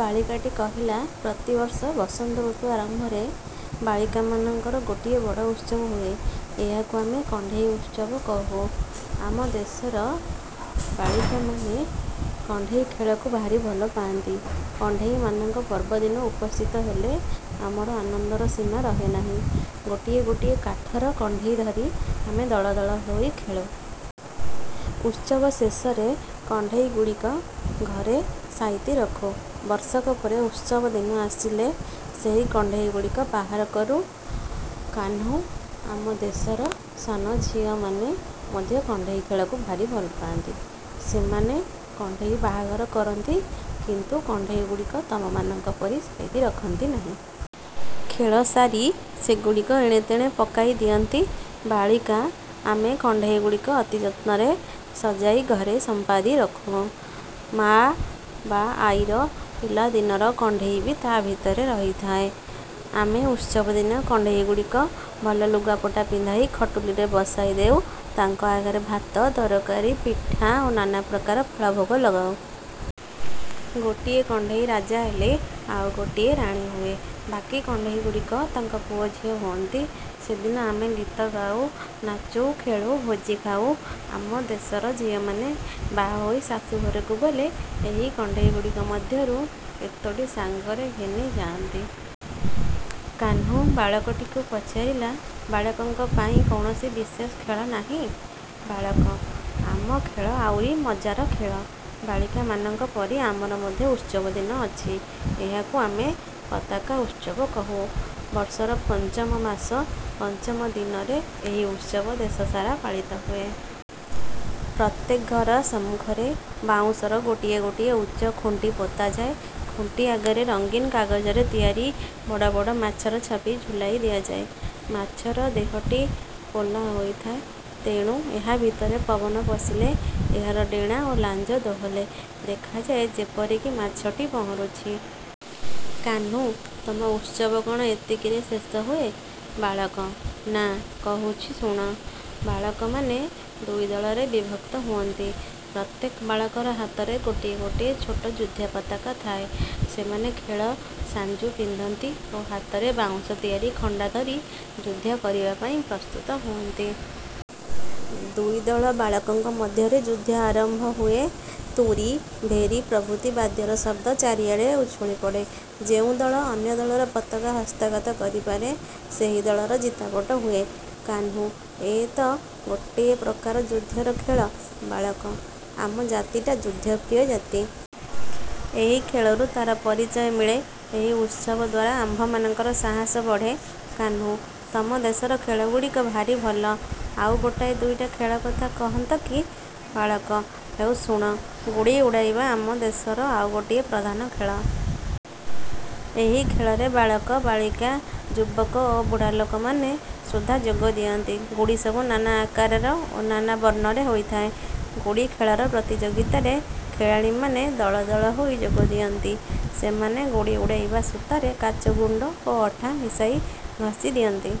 ବାଳିକାଟି କହିଲା-ପ୍ରତିବର୍ଷ ବସନ୍ତ ଋତୁ ଆରମ୍ଭରେ ବାଳିକାମାନଙ୍କର ଗୋଟିଏ ବଡ଼ ଉତ୍ସବ ହୁଏ। ଏହାକୁ ଆମେ "କଣ୍ଢେଇ ଉତ୍ସବ" କହୁ। ଆମ ଦେଶର ବାଳିକାମାନେ କଣ୍ଢେଇ ଖେଳକୁ ଭାରି ଭଲ ପାଆନ୍ତି। କଣ୍ଢେଇମାନଙ୍କ ପର୍ବଦିନ ଉପସ୍ଥିତ ହେଲେ ଆମର ଆନନ୍ଦର ସୀମା ରହେ ନାହିଁ। ଗୋଟିଏ ଗୋଟିଏ କାଠର କଣ୍ଢେଇ ଧରି ଆମେ ଦଳ ଦଳ ହୋଇ ଖେଳୁ। ଉତ୍ସବ ଶେଷରେ କଣ୍ଢେଇଗୁଡ଼ିକ ଘରେ ସାଇତି ରଖୁ। ବର୍ଷକ ପରେ ଉତ୍ସବ ଦିନ ଆସିଲେ ସେହି କଣ୍ଢେଇଗୁଡ଼ିକ ବାହାର କରୁ। କାହ୍ନୁ-ଆମ ଦେଶର ସାନଝିଅମାନେ ମଧ୍ୟ କଣ୍ଢେଇ ଖେଳକୁ ଭାରି ଭଲ ପାଆନ୍ତି। ସେମାନେ "କଣ୍ଢେଇ ବାହାଘର" କରନ୍ତି। କିନ୍ତୁ କଣ୍ଢେଇଗୁଡ଼ିକ ତମମାନଙ୍କ ପରି ସାଇତି ରଖନ୍ତି ନାହିଁ। ଖେଳିସାରି ସେଗୁଡ଼ିକ ଏଣେତେଣେ ପକାଇ ଦିଅନ୍ତି। ବାଳିକା-ଆମେ କଣ୍ଢେଇଗୁଡ଼ିକ ଅତି ଯତ୍ନରେ ସଜାଇ ଘରେ ସମ୍ପାଦି ରଖୁ। ମା' ବା ଆଈର ପିଲାଦିନର କଣ୍ଢେଇ ବି ତା' ଭିତରେ ରହିଥାଏ। ଆମେ ଉତ୍ସବ ଦିନ କଣ୍ଢେଇଗୁଡ଼ିକ ଭଲ ଲୁଗାପଟା ପିନ୍ଧାଇ ଖଟୁଲିରେ ବସାଇ ଦେଉ। ତାଙ୍କ ଆଗରେ ଭାତ, ତରକାରୀ, ପିଠା, ଓ ନାନାପ୍ରକାର ଫଳ ଭୋଗ ଲଗାଉ। ଗୋଟିଏ କଣ୍ଢେଇ ରାଜା ହେଲେ ଆଉ ଗୋଟିଏ ରାଣୀ ହୁଏ। ବାକୀ କଣ୍ଢେଇଗୁଡ଼ିକ ତାଙ୍କ ପୁଅ ଝିଅ ହୁଅନ୍ତି। ସେଦିନ ଆମେ ଗୀତ ଗାଉ, ନାଚୁ, ଖେଳୁ, ଭୋଜି ଖାଉ। ଆମ ଦେଶର ଝିଅମାନେ ବାହାହୋଇ ଶାଶୁଘରକୁ ଗଲେ ଏହି କଣ୍ଢେଇଗୁଡ଼ିକ ମଧ୍ୟରୁ କେତୋଟି ସାଙ୍ଗରେ ଘେନି ଯାଆନ୍ତି। କାହ୍ନୁ ବାଳକଟିକୁ ପଚାରିଲା-ବାଳକଙ୍କ ପାଇଁ କୌଣସି ବିଶେଷ ଖେଳ ନାହିଁ? ବାଳକ-ଆମ ଖେଳ ଆହୁରି ମଜାର ଖେଳ। ବାଳିକାମାନଙ୍କ ପରି ଆମର ମଧ୍ୟ ଉତ୍ସବ ଦିନ ଅଛି। ଏହାକୁ ଆମେ "ପତାକା ଉତ୍ସବ" କହୁ। ବର୍ଷର ପଞ୍ଚମ ମାସ ପଞ୍ଚମ ଦିନରେ ଏହି ଉତ୍ସବ ଦେଶସାରା ପାଳିତ ହୁଏ। ପ୍ରତ୍ୟେକଘର ସମ୍ମୁଖରେ ବାଉଁଶର ଗୋଟିଏ ଗୋଟିଏ ଉଚ୍ଚ ଖୁଣ୍ଟି ପୋତାଯାଏ। ଖୁଣ୍ଟି ଆଗରେ ରଙ୍ଗିନ କାଗଜରେ ତିଆରି ବଡ଼ବଡ଼ ମାଛର ଛବି ଝୁଲାଇ ଦିଆଯାଏ। ମାଛର ଦେହଟି ପୋଲା ହୋଇଥାଏ। ତେଣୁ ଏହା ଭିତରେ ପବନ ପଶିଲେ ଏହାର ଡେଣା ଓ ଲାଞ୍ଜ ଦୋହଲେ। ଦେଖାଯାଏ ଯେପରିକି ମାଛଟି ପହଁରୁଛି। କାହ୍ନୁ-ତମ ଉତ୍ସବ କ'ଣଏତିକି ରେ ଶେଷ ହୁଏ? ବାଳକ-ନାଁ, କହୁଛୁ ଶୁଣ। ବାଳକମାନେ ଦୁଇ ଦଳରେ ବିଭକ୍ତ ହୁଅନ୍ତି। ପ୍ରତ୍ୟେକ ବାଳକର ହାତରେ ଗୋଟିଏ ଗୋଟିଏ ଛୋଟ ଯୁଦ୍ଧ ପତାକା ଥାଏ। ସେମାନେ ଖେଳ-ସାଞ୍ଜୁ ପିନ୍ଧନ୍ତି ଓ ହାତରେ ବାଉଁଶ ତିଆରି ଖଣ୍ଡା ଧରି ଯୁଦ୍ଧ କରିବା ପାଇଁ ପ୍ରସ୍ତୁତ ହୁଅନ୍ତି। ଦୁଇଦଳ ବାଳକଙ୍କ ମଧ୍ୟରେ ଯୁଦ୍ଧ ଆରମ୍ଭ ହୁଏ। ତୂରୀ, ଭେରୀ ପ୍ରଭୃତି ବାଦ୍ୟର ଶବ୍ଦ ଚାରିଆଡ଼େ ଉଛୁଳି ପଡ଼େ। ଯେଉଁ ଦଳ ଅନ୍ୟ ଦଳର ପତାକା ହସ୍ତଗତ କରିପାରେ ସେହି ଦଳର ଜିତାପଟ ହୁଏ। କାହ୍ନୁ-ଏ ତ ଗୋଟାଏ ପ୍ରକାର ଯୁଦ୍ଧର ଖେଳ! ବାଳକ-ଆମ ଜାତିଟା ଯୁଦ୍ଧପ୍ରିୟ ଜାତି। ଏହି ଖେଳରୁ ତାର ପରିଚୟ ମିଳେ। ଏହି ଉତ୍ସବ ଦ୍ଵାରା ଆମ୍ଭମାନଙ୍କର ସାହସ ବଢ଼େ। କାହ୍ନୁ-ତମ ଦେଶର ଖେଳଗୁଡ଼ିକ ଭାରି ଭଲ। ଆଉ ଗୋଟାଏ ଦୁଇଟା ଖେଳ କଥା କହନ୍ତ କି? ବାଳକ-ହେଉ ଶୁଣ। ଗୁଡ଼ି ଉଡ଼ାଇବା ଆମ ଦେଶର ଆଉ ଗୋଟିଏ ପ୍ରଧାନ ଖେଳ। ଏହି ଖେଳରେ ବାଳକ, ବାଳିକା, ଯୁବକ ଓ ବୁଢ଼ାଲୋକମାନେ ସୁଦ୍ଧା ଯୋଗ ଦିଅନ୍ତି। ଗୁଡ଼ି ସବୁ ନାନା ଆକାରର ଓ ନାନା ବର୍ଣ୍ଣରେ ହୋଇଥାଏ। ଗୁଡ଼ି ଖେଳର ପ୍ରତିଯୋଗିତାରେ ଖେଳାଳୀମାନେ ଦଳ ଦଳ ହୋଇ ଯୋଗ ଦିଅନ୍ତି। ସେମାନେ ଗୁଡ଼ି ଉଡ଼େଇବା ସୂତାରେ କାଚ ଗୁଣ୍ଡ ଓ ଅଠା ମିଶାଇ ଘଷି ଦିଅନ୍ତି।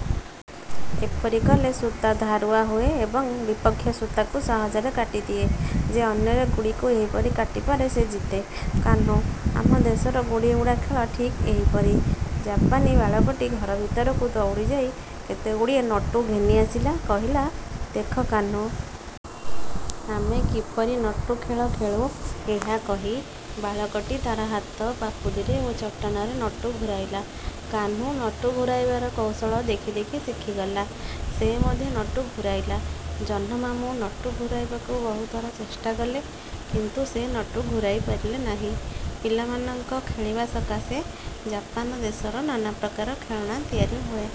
ଏପରି କଲେ ସୂତା ଧାରୁଆ ହୁଏ ଏବଂ ବିପକ୍ଷ ସୂତାକୁ ସହଜରେ କାଟିଦିଏ-। ଯେ ଅନ୍ୟର ଗୁଡ଼ିକୁ ଏହିପରି କାଟିପାରେ, ସେ ଜିତେ। କାହ୍ନୁ-ଆମ ଦେଶର ଗୁଡ଼ିଉଡ଼ା ଖେଳ ଠିକ୍ ଏହିପରି।। ଜାପାନୀ ବାଳକଟି ଘର ଭିତରକୁ ଦଉଡ଼ିଯାଇ କେତେଗୁଡ଼ିଏ ନଟୁ ଘେନିଆସିଲା କହିଲା-ଦେଖ କାହ୍ନୁ! ଆମେ କିପରି ନଟୁ ଖେଳ ଖେଳୁ। ଏହା କହି ବାଳକଟି ତା'ର ହାତ ପାପୁଲିରେ ଓ ଚଟାଣରେ ନଟୁ ଘୂରାଇଲା। କାହ୍ନୁ ନଟୁ ଘୂରାଇବାର କୌଶଳ ଦେଖି ଦେଖି ଶିଖିଗଲା। ସେ ମଧ୍ୟ ନଟୁ ଘୂରାଇଲା। ଜହ୍ନମାମୁଁ ନଟୁ ଘୂରାଇବାକୁ ବହୁ ଥର ଚେଷ୍ଟା କଲେ, କିନ୍ତୁ ସେ ନଟୁ ଘୂରାଇ ପାରିଲେ ନାହିଁ। ପିଲାମାନଙ୍କ ଖେଳିବା ସକାଶେ ଜାପାନ ଦେଶର ନାନାପ୍ରକାର ଖେଳନା ତିଆରି ହୁଏ-।